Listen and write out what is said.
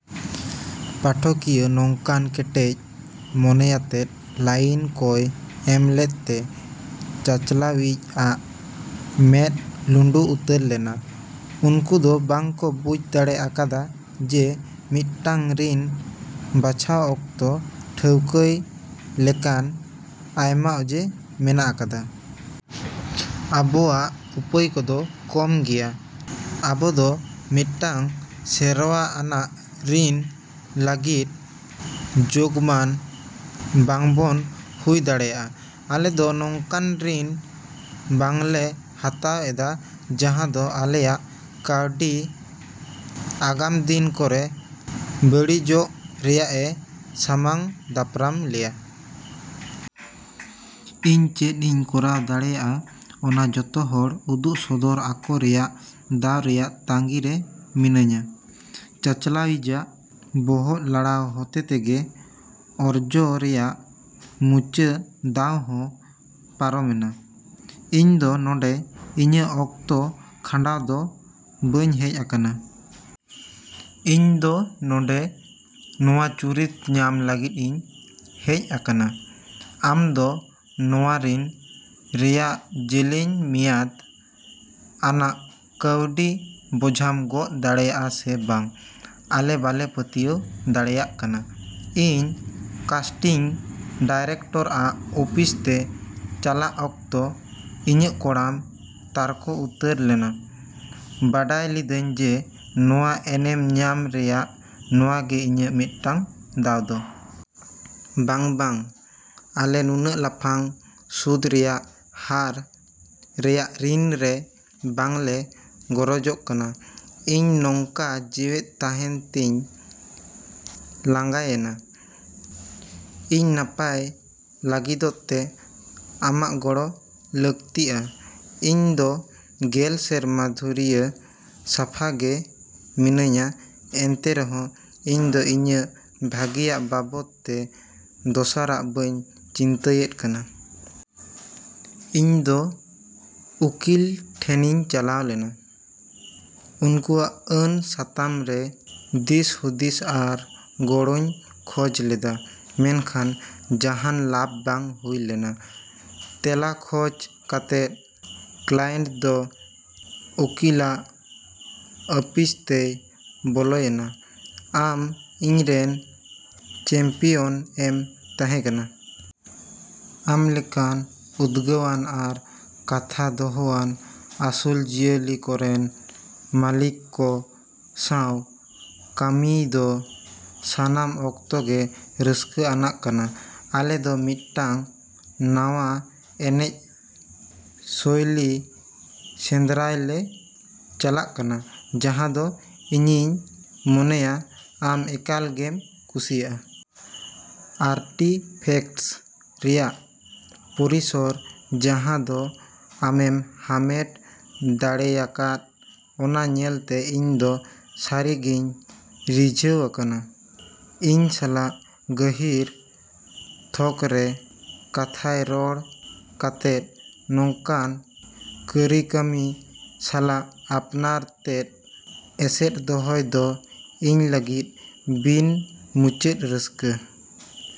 ᱯᱟᱴᱷᱚ ᱠᱤᱭᱟᱹ ᱱᱚᱝᱠᱟᱱ ᱠᱮᱴᱮᱡ ᱢᱚᱱᱮᱭᱟᱛᱮᱫ ᱞᱟᱭᱤᱱ ᱠᱚᱭ ᱮᱢᱞᱮᱫ ᱛᱮ ᱪᱟᱪᱟᱞᱟᱣᱤᱡ ᱟᱜ ᱢᱮᱫ ᱞᱩᱸᱰᱩ ᱩᱛᱟᱹᱨ ᱞᱮᱱᱟ᱾ ᱩᱱᱠᱩ ᱫᱚ ᱵᱟᱝ ᱠᱚ ᱵᱩᱡ ᱫᱟᱲᱮ ᱟᱠᱟᱫᱟ ᱡᱮ ᱢᱤᱫᱴᱟᱝ ᱨᱤᱱ ᱵᱟᱪᱷᱟᱣ ᱚᱠᱛᱚ ᱴᱷᱟᱹᱣᱠᱟᱹᱭ ᱞᱮᱠᱟᱱ ᱟᱭᱢᱟ ᱚᱡᱮ ᱢᱮᱱᱟᱜ ᱟᱠᱟᱫᱟ! ᱟᱵᱚᱣᱟᱜ ᱩᱯᱟᱹᱭ ᱠᱚ ᱫᱚ ᱠᱚᱢ ᱜᱮᱭᱟ! ᱟᱵᱚ ᱫᱚ ᱢᱤᱫᱴᱟᱝ ᱥᱮᱨᱣᱟ ᱟᱱᱟᱜ ᱨᱤᱱ ᱞᱟᱹᱜᱤᱫ ᱡᱳᱜᱢᱟᱱ ᱵᱟᱝ ᱵᱚᱱ ᱦᱩᱭ ᱫᱟᱲᱮᱭᱟᱜᱼᱟ᱾ ᱟᱞᱮ ᱫᱚ ᱱᱚᱝ ᱠᱟᱱ ᱨᱤᱱ ᱵᱟᱝᱞᱮ ᱦᱟᱛᱟᱣ ᱮᱫᱟ ᱡᱟᱦᱟᱸ ᱫᱚ ᱟᱞᱮᱭᱟᱜ ᱠᱟᱹᱣᱰᱤ ᱟᱜᱟᱢ ᱫᱤᱱ ᱠᱚᱨᱮ ᱵᱟᱹᱲᱤᱡᱚᱜ ᱨᱮᱭᱟᱜ ᱮ ᱥᱟᱢᱟᱝ ᱫᱟᱯᱨᱟᱢ ᱞᱮᱭᱟ! ᱤᱧ ᱪᱮᱫ ᱤᱧ ᱠᱚᱨᱟᱣ ᱫᱟᱲᱮᱹᱭᱟᱜᱼᱟ ᱚᱱᱟ ᱡᱚᱛᱚ ᱦᱚᱲ ᱩᱫᱩᱜ ᱥᱚᱫᱚᱨ ᱟᱠᱚ ᱨᱮᱭᱟᱜ ᱫᱟᱣ ᱨᱮᱭᱟᱜ ᱛᱟᱺᱜᱤ ᱨᱮ ᱢᱤᱱᱟᱹᱧᱟ᱾ ᱪᱟᱪᱟᱞᱟᱣᱤᱡᱟᱜ ᱵᱚᱦᱚᱜ ᱞᱟᱲᱟᱣ ᱦᱚᱛᱮ ᱛᱮᱜᱮ ᱚᱨᱡᱚ ᱨᱮᱭᱟᱜ ᱢᱩᱪᱟᱹᱫ ᱫᱟᱣ ᱦᱚᱸ ᱯᱟᱨᱚᱢ ᱮᱱᱟ᱾ ᱤᱧ ᱫᱚ ᱱᱚᱸᱰᱮ ᱤᱧᱟᱹᱜ ᱚᱠᱛᱚ ᱠᱷᱟᱸᱰᱟᱣ ᱫᱚ ᱵᱟᱹᱧ ᱦᱮᱡ ᱟᱠᱟᱱᱟ! ᱤᱧ ᱫᱚ ᱱᱚᱸᱰᱮ ᱱᱚᱶᱟ ᱪᱩᱨᱤᱛ ᱧᱟᱢ ᱞᱟᱹᱜᱤᱫ ᱤᱧ ᱦᱮᱡ ᱟᱠᱟᱱᱟ᱾ ᱟᱢ ᱫᱚ ᱱᱚᱶᱟ ᱨᱤᱱ ᱨᱮᱭᱟᱜ ᱡᱮᱞᱮᱧ ᱢᱮᱭᱟᱫ ᱟᱱᱟᱜ ᱠᱟᱹᱣᱰᱤ ᱵᱚᱡᱷᱟᱢ ᱜᱚᱜ ᱫᱟᱲᱮᱭᱟᱜᱼᱟ ᱥᱮ ᱵᱟᱝ ᱟᱞᱮ ᱵᱟᱞᱮ ᱯᱟᱹᱛᱭᱟᱹᱣ ᱫᱟᱲᱮᱭᱟᱜ ᱠᱟᱱᱟ᱾ ᱤᱧ ᱠᱟᱥᱴᱤᱝ ᱰᱤᱨᱮᱠᱴᱚᱨ ᱟᱜ ᱚᱯᱷᱤᱥ ᱛᱮ ᱪᱟᱞᱟᱜ ᱚᱠᱛᱚ ᱤᱧᱟᱜ ᱠᱚᱲᱟᱢ ᱛᱟᱨᱠᱚ ᱩᱛᱟᱹᱨ ᱞᱮᱱᱟ, ᱵᱟᱰᱟᱭ ᱞᱤᱫᱟᱹᱧ ᱡᱮ ᱱᱚᱶᱟ ᱮᱱᱮᱢ ᱧᱟᱢ ᱨᱮᱭᱟᱜ ᱱᱚᱶᱟ ᱜᱮ ᱤᱧᱟᱜ ᱢᱤᱫᱴᱟᱝ ᱫᱟᱣ ᱫᱚ᱾ ᱵᱟᱝ, ᱵᱟᱝ! ᱟᱞᱮ ᱱᱩᱱᱟᱹᱜ ᱞᱟᱯᱷᱟᱝ ᱥᱩᱫ ᱨᱮᱭᱟᱜ ᱦᱟᱨ ᱨᱮᱭᱟᱜ ᱨᱤᱱ ᱨᱮ ᱵᱟᱝ ᱞᱮ ᱜᱚᱨᱚᱡᱚᱜ ᱠᱟᱱᱟ᱾ ᱤᱧ ᱱᱚᱝᱠᱟ ᱡᱤᱣᱮᱫ ᱛᱟᱦᱮᱸᱱ ᱛᱮᱧ ᱞᱟᱸᱜᱟᱭᱮᱱᱟ! ᱤᱧ ᱱᱟᱯᱟᱭ ᱞᱟᱹᱜᱤᱫᱚᱜ ᱛᱮ ᱟᱢᱟᱜ ᱜᱚᱲᱚ ᱞᱟᱹᱠᱛᱤᱼᱟ! ᱤᱧ ᱫᱚ ᱜᱮᱞ ᱥᱮᱨᱢᱟ ᱫᱷᱩᱨᱭᱟᱹ ᱥᱟᱯᱷᱟ ᱜᱮ ᱢᱤᱱᱟᱹᱧᱟ ᱮᱱᱛᱮ ᱨᱮᱦᱚᱸ ᱤᱧ ᱫᱚ ᱤᱧᱟᱹᱜ ᱵᱷᱟᱜᱮᱭᱟᱜ ᱵᱟᱵᱚᱫ ᱛᱮ ᱫᱚᱥᱟᱨᱟᱜ ᱵᱟᱹᱧ ᱪᱤᱱᱛᱟᱹᱭᱮᱫ ᱠᱟᱱᱟ᱾ ᱤᱧ ᱫᱚ ᱩᱠᱤᱞ ᱴᱷᱮᱱᱤᱧ ᱪᱟᱞᱟᱣ ᱞᱮᱱᱟ, ᱩᱱᱠᱩᱣᱟᱜ ᱟᱹᱱ ᱥᱟᱛᱟᱢ ᱨᱮ ᱫᱤᱥᱦᱩᱫᱤᱥ ᱟᱨ ᱜᱚᱲᱚᱧ ᱠᱷᱚᱡ ᱞᱮᱫᱟ, ᱢᱮᱱᱠᱷᱟᱱ ᱡᱟᱦᱟᱱ ᱞᱟᱵᱷ ᱵᱟᱝ ᱦᱩᱭ ᱞᱮᱱᱟ! ᱛᱮᱞᱟ ᱠᱷᱚᱡ ᱠᱟᱛᱮᱫ ᱠᱞᱟᱭᱮᱱᱴ ᱫᱚ ᱩᱠᱤᱞᱟᱜ ᱟᱹᱯᱤᱥᱛᱮᱭ ᱵᱚᱞᱚᱭ ᱮᱱᱟ! ᱟᱢ ᱤᱧᱨᱮᱱ ᱪᱮᱢᱯᱤᱭᱚᱱ ᱮᱢ ᱛᱟᱦᱮᱸ ᱠᱟᱱᱟ! ᱟᱢ ᱞᱮᱠᱟᱱ ᱩᱫᱜᱟᱹᱣᱟᱱ ᱟᱨ ᱠᱟᱛᱷᱟ ᱫᱚᱦᱚᱣᱟᱱ ᱟᱹᱥᱩᱞ ᱡᱤᱭᱟᱹᱞᱤ ᱠᱚᱨᱮᱱ ᱢᱟᱹᱞᱤᱠ ᱠᱚ ᱥᱟᱶ ᱠᱟᱹᱢᱤᱭ ᱫᱚ ᱥᱟᱱᱟᱢ ᱚᱠᱛᱚ ᱜᱮ ᱨᱟᱹᱥᱠᱟᱹ ᱟᱱᱟᱜ ᱠᱟᱱᱟ᱾ ᱟᱞᱮ ᱫᱚ ᱢᱤᱫᱴᱟᱝ ᱱᱟᱣᱟ ᱮᱱᱮᱡ ᱥᱳᱭᱞᱤ ᱥᱮᱸᱫᱽᱨᱟᱭ ᱞᱮ ᱪᱟᱞᱟᱜ ᱠᱟᱱᱟ ᱡᱟᱦᱟᱸ ᱫᱚ ᱤᱧᱤᱧ ᱢᱚᱱᱮᱭᱟ ᱟᱢ ᱮᱠᱟᱞ ᱜᱮᱢ ᱠᱩᱥᱤᱭᱟᱜᱼᱟ᱾ ᱟᱨᱴᱤᱯᱷᱮᱠᱴᱥ ᱨᱮᱭᱟᱜ ᱯᱚᱨᱤᱥᱚᱨ ᱡᱟᱦᱟᱸ ᱫᱚ ᱟᱢᱮᱢ ᱦᱟᱢᱮᱴ ᱫᱟᱲᱮᱭᱟᱠᱟᱫ ᱚᱱᱟ ᱧᱮᱞᱛᱮ ᱤᱧ ᱫᱚ ᱥᱟᱹᱨᱤ ᱜᱮᱧ ᱨᱤᱡᱷᱟᱹᱣ ᱟᱠᱟᱱᱟ᱾ ᱤᱧ ᱥᱟᱞᱟᱜ ᱜᱟᱹᱦᱤᱨ ᱛᱷᱚᱠ ᱨᱮ ᱠᱟᱛᱷᱟᱭ ᱨᱚᱲ ᱠᱟᱛᱮᱫ ᱱᱚᱝᱠᱟᱱ ᱠᱟᱹᱨᱤᱠᱟᱹᱢᱤ ᱥᱟᱞᱟᱜ ᱟᱯᱱᱟᱨ ᱛᱮᱫ ᱮᱥᱮᱫ ᱫᱚᱦᱚᱭ ᱫᱚ ᱤᱧ ᱞᱟᱹᱜᱤᱫ ᱵᱤᱱ ᱢᱩᱪᱟᱹᱫ ᱨᱟᱹᱥᱠᱟᱹᱼᱼ